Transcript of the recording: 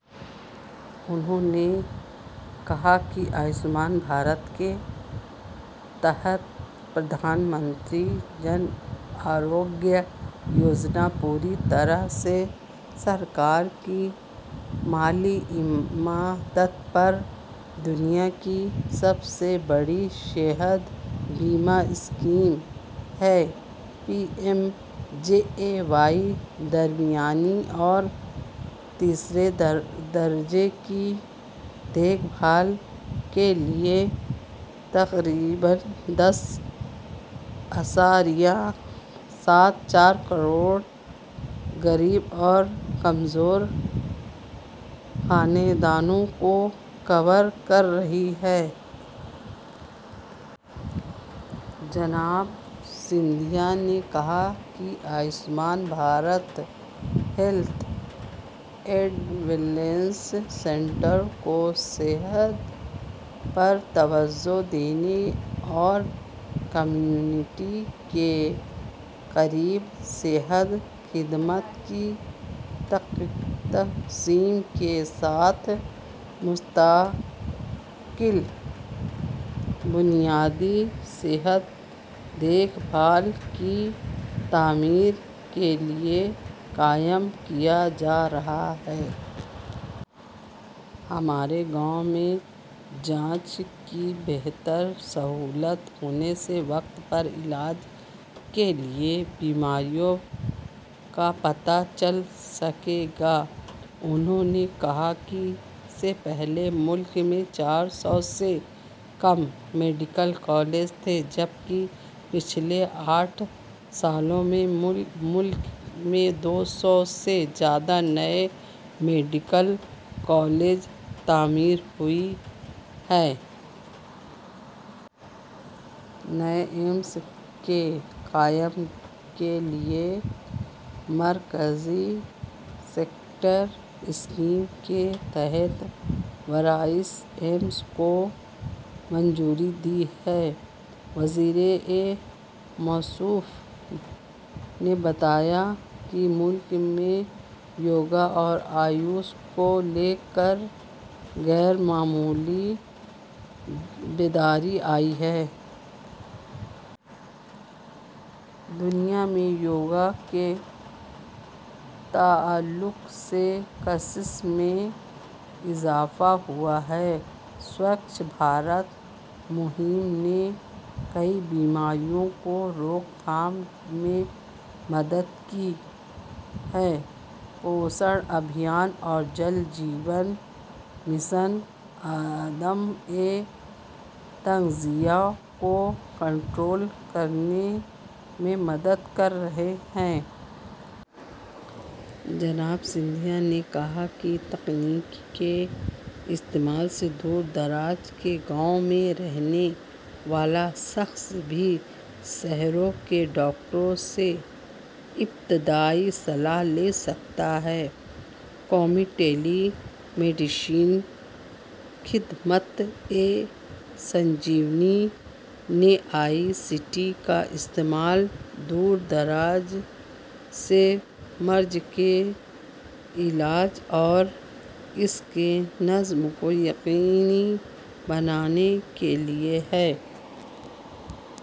انہوں نے کہا کہ آیوشمان بھارت کے تحت پردھان منتری جن آروگیہ یوجنا پوری طرح سے سرکار کی مالی امداد پر دنیا کی سب سے بڑی صحت بیمہ اسکیم ہے۔ پی ایم-جے اے وائی درمیانی اور تیسرے درجے کی دیکھ بھال کے لئے تقریباً دس اعشاریہ سات چار کروڑ غریب اور کمزور خانیدانو کو کور کررہی ہے۔ جناب سندھیا نے کہا کہ Ayushman Bharat health and wellness centre کو صحت پر توجہ دینے اور کمیونٹی کے قریب صحت خدمات کی تقسیم کے ساتھ مستقل بنیادی صحت دیکھ بھال کی تعمیر کے لئے قائم کیا جارہا ہے۔ ہمارے گاؤں میں جانچ کی بہتر سہولت ہونے سے وقت پر علاج کے لئے بیماریوں کا پتہ چل سکے گا۔ انہوں نے کہا کہ سے پہلے ملک میں چار سو سے کم میڈیکل کالج تھے، جبکہ پچھلے آٹھ سالوں میں ملک میں دو سو سے زیادہ نئے میڈیکل کالج تعمیر ہوئے ہیں۔ نئے ایمس کے قیام کے لئے مرکزی سیکٹر اسکیم کے تحت بریس ایمس کو منظوری دی ہے۔ وزیر موصوف نے بتایا کہ ملک میں یوگا اور آیوش کو لے کر غیر معمولی بیداری آئی ہے۔ دنیا میں یوگا کے تعلق سے کشش میں اضافہ ہوا ہے۔ سوچھ بھارت مہم نے کئی بیماریوں کی روک تھام میں مدد کی ہے۔ پوشن ابھیان اور جل جیون مشن عدم تغذیہ کو کنٹرول کرنے میں مدد کررہے ہیں۔ جناب سندھیا نے کہا کہ تکنیک کے استعمال سے دور دراز کے گاؤں میں رہنے والا شخص بھی شہروں کے ڈاکٹروں سے ابتدائی صلاح لے سکتا ہے۔ قومی ٹیلی میڈیسن خدمت-ای سنجیونی نے آئی سی ٹی کا استعمال دور دراز سے مرض کے علاج اور اس کے نظم کو یقینی بنانے کے لئے ہے۔